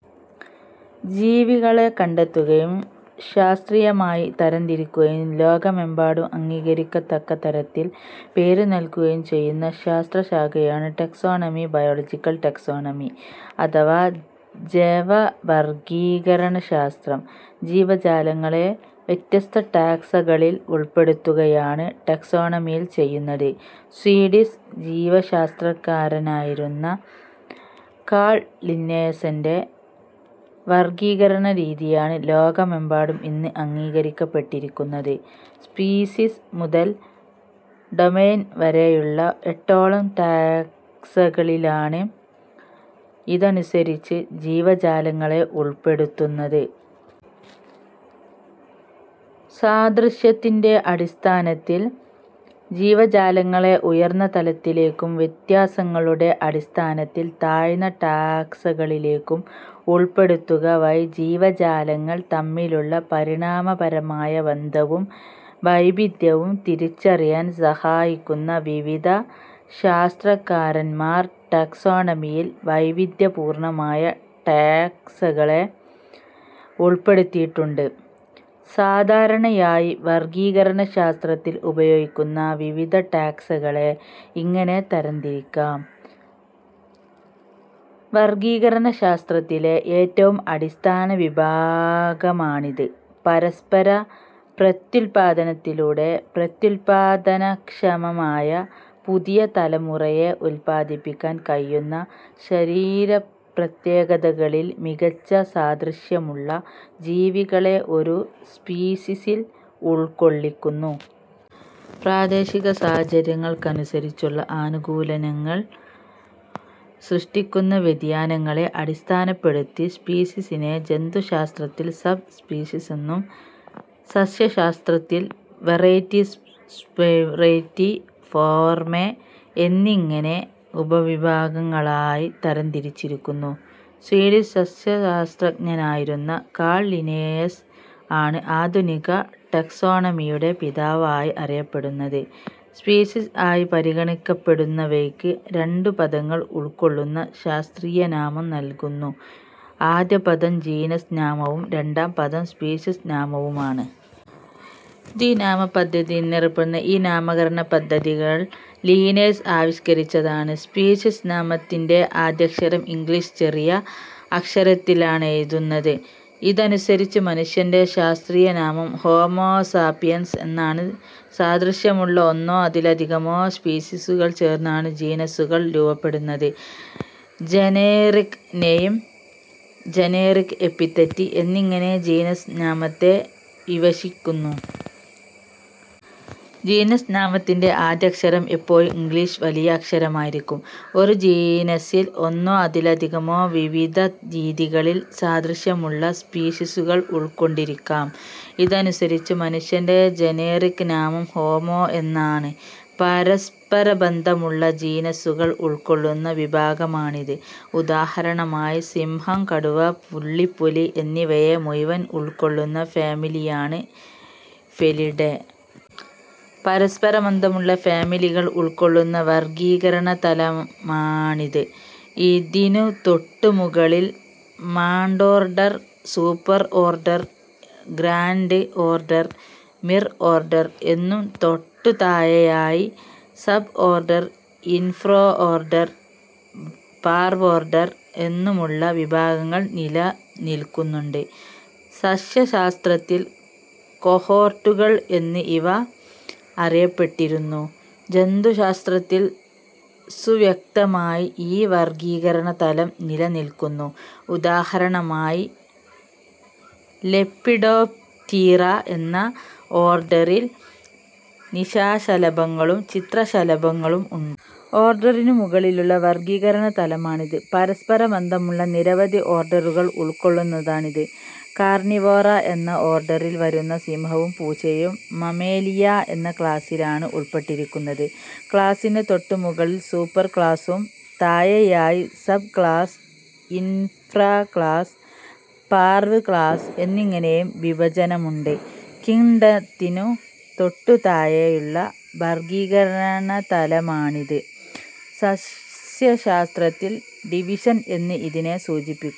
ജീവികളെ കണ്ടെത്തുകയും ശാസ്ത്രീയമായി തരംതിരിക്കുകയും ലോകമെമ്പാടും അംഗീകരിക്കത്തക്ക തരത്തിൽ പേരുനൽകുകയും ചെയ്യുന്ന ശാസ്ത്രശാഖയാണ് ടാക്സോണമി, ബയോളജിക്കൽ ടാക്സോണമി അഥവാ ജെവവർഗ്ഗീകരണശാസ്ത്രം. ജീവാലങ്ങളെ വ്യത്യസ്ത 'ടാക്സ' കളിൽ ഉൾപ്പെടുത്തുകയാണ് ടാക്സോണമിയിൽ ചെയ്യുന്നത്. സ്വീഡിഷ് ജീവശാസ്ത്രകാരനായിരുന്ന കാൾ ലിന്നേയസിന്റെ വർഗ്ഗീകരണരീതിയാണ് ലോകമെമ്പാടും ഇന്ന് അംഗീകരിക്കപ്പെട്ടിരിക്കുന്നത്. സ്പീഷീസ് മുതൽ ഡൊമെയ്ൻ വരെയുള്ള എട്ടോളം ടാക്സകളിലാണ് ഇതനുസരിച്ച് ജീവജാലങ്ങളെ ഉൾപെടുത്തുന്നത്. സാദൃശ്യത്തിന്റെ അടിസഥാനത്തിൽ ജീവജാലങ്ങളെ ഉയർന്ന തലത്തിലേയ്ക്കും വ്യത്യാസങ്ങളുടെ അടിസ്ഥാനത്തിൽ താഴ്ന്ന ടാക്സകളിലേയ്ക്കും ഉൾപ്പെടുത്തുകവഴി ജീവജാലങ്ങൾ തമ്മിലുള്ള പരിണാമപരമായ ബന്ധവും വൈവിധ്യവും തിരിച്ചറിയാൽ സഹായിക്കുന്നു. വിവിധ ശാസ്ത്രകാരൻമാർ ടാക്സോണമിയിൽ വൈവിധ്യപൂർണ്ണമായ ടാക്സകളെ ഉൾപ്പെടുത്തിയിട്ടുണ്ട്. സാധാരണയായി വർഗ്ഗീകരണശാസ്ത്രത്തിൽ ഉപയോഗിക്കുന്ന വിവിധടാക്സകളെ ഇങ്ങനെ തരംതിരിക്കാം. വർഗ്ഗീകരണശാസ്ത്രത്തിലെ ഏറ്റവും അടിസ്ഥാനവിഭാഗമാണിത്. പരസ്പര പ്രത്യുൽപ്പാദനത്തിലൂടെ പ്രത്യുൽപ്പാദനക്ഷമമായ പുതിയ തലമുറയെ ഉത്പാദിപ്പിക്കാൻ കഴിയുന്ന, ശരീരപ്രത്യേകതകളിൽ മികച്ച സാദൃശ്യമുള്ള ജീവികളെ ഒരു സ്പീഷീസിൽ ഉൾക്കൊള്ളിക്കുന്നു. പ്രാദേശികസാഹചര്യങ്ങൾക്കനുസരിച്ചുള്ള അനുകൂലനങ്ങൾ സൃഷ്ടിക്കുന്ന വ്യതിയാനങ്ങളെ അടിസ്ഥാനപ്പെടുത്തി സ്പീഷീസിനെ ജന്തുശാസ്ത്രത്തിൽ സബ് സ്പീഷീസെന്നും സസ്യശാസ്ത്രത്തിൽ വെറൈറ്റി, സബ്വെറൈറ്റി, ഫോർമേ എന്നിങ്ങനെ ഉപവിഭാഗങ്ങളായി തരംതിരിച്ചിരിക്കുന്നു. സ്വീഡിഷ് സസ്യശാസ്ത്രജ്ഞനായിരുന്ന കാൾ ലിനേയസ് ആണ് ആധുനിക ടാക്സോണമിയുടെ പിതാവായി അറിയപ്പെടുന്നത്. സ്പീഷീസ് ആയി പരിഗണിക്കപ്പെടുന്നവയ്ക്ക് രണ്ടുപദങ്ങൾ ഉൾക്കൊള്ളുന്ന ശാസ്ത്രീയനാമം നൽകുന്നു. ആദ്യപദം ജീനസ് നാമവും രണ്ടാം പദം സ്പീഷീഷ് നാമവുമാണ്. ദ്വിനാമപദ്ധതി എന്നറിയപ്പടുന്ന ഈ നാമകരണപദ്ധതി കാൾ ലിനേയസ് ആവിഷ്കരിച്ചതാണ്. സ്പീഷീസ് നാമത്തിന്റെ ആദ്യക്ഷരം ഇംഗ്ലീഷ് ചെറിയ അക്ഷരത്തിലാണെഴുതുന്നത്. ഇതനുസരിച്ച് മനുഷ്യന്റെ ശാസ്ത്രീയനാമം ഹോമോ സാപിയൻസ് എന്നാണ്. സാദൃശ്യമുള്ള ഒന്നോ അതിലധികമോ സ്പീഷീസുകൾ ചേർന്നാണ് ജീനസ്സുകൾ രൂപ്പെടുന്നത്. ജനേറിക് നെയിം, ജനേറിക് എപ്പിതെറ്റ് എന്നിങ്ങനെ ജീനസ് നാമത്തെ വിവക്ഷിക്കുന്നു. ജീനസ് നാമത്തിന്റെ ആദ്യ അക്ഷരം എപ്പോഴും ഇംഗ്ളീഷ് വലിയ അക്ഷരമായിരിക്കും. ഒരു ജീനസ്സിൽ ഒന്നോ അതിലധികമോ വിവിധരീതികളിൽ സാദൃശ്യമുള്ള സ്പീഷീസുകൾ ഉൾക്കൊണ്ടിരിക്കാം. ഇതനുസരിച്ച് മനുഷ്യന്റെ ജനേറിക് നാമം ഹോമോ എന്നാണ്. പരസ്പരബന്ധമുള്ള ജീനസ്സുകൾ ഉൾക്കൊള്ളുന്ന വിഭാഗമാണിത്. ഉദാഹരണമായി സിംഹം, കടുവ, പുള്ളിപ്പുലി എന്നിവയെ മുഴുവൻ ഉൾക്കൊള്ളുന്ന ഫാമിലിയാണ് ഫെലിഡേ. പരസ്പരബന്ധമുള്ള ഫാമിലികൾ ഉൾക്കൊള്ളുന്ന വർഗ്ഗീകരണതലമാണിത്. ഇതിനുതൊട്ടുമുകളിൽ magnorder, superorder, grandorder, mirorder എന്നും തൊട്ടുതാഴെയായി സബ്ഓർഡർ, ഇൻഫ്രാഓർഡർ, പാർവോർഡർ എന്നുമുള്ള വിഭാഗങ്ങൾ ലനിൽക്കുന്നുണ്ട്. സസ്യശാസ്ത്രത്തിൽ കൊഹോർട്ടുൾ എന്ന് ഇവ അറിയപ്പെട്ടിരുന്നു. ജന്തുശാസ്ത്രത്തിൽ സുവ്യക്തമായി ഈ വർഗ്ഗീകരണതലം നിലനിൽക്കുന്നു. ഉദാഹരണമായി ലെപ്പിഡോപ്റ്റീറ എന്ന ഓർഡറിൽ നിശാശലഭങ്ങളും ചിത്രശലഭങ്ങളും ഉണ്ട്. ഓർഡറിനും മുകളിലുള്ള വർഗ്ഗീകരണതലമാണിത്. പരസ്പരബന്ധമുള്ള നിരവധി ഓർഡറുകൾ ഉൾക്കൊള്ളുന്നതാണിത്. കാർണിവോറ എന്ന ഓർഡറിൽ വരുന്ന സിംഹവും പൂച്ചയും മമേലിയ എന്ന ക്ലാസ്സിലാണ് ഉൾപ്പെട്ടിരിക്കുന്നത്. ക്ലാസ്സിന് തൊട്ടുമുകളിൽ സൂപ്പർക്ലാസ്സും താഴെയായി സബ്ക്ലാസ്സ്, ഇൻഫ്രാക്ലാസ്സ്, പാർവ് ക്ലാസ്സ് എന്നിങ്ങനെയും വിഭജനമുണ്ട്. കിംങ്ഡത്തിനു തൊട്ടുതാഴെയുള്ള വർഗ്ഗീകരണതലമാണിത്. സസ്യശാസ്ത്രത്തിൽ ഡിവിഷൻ എന്ന് ഇതിനെ സൂചിപ്പിക്കുന്നു.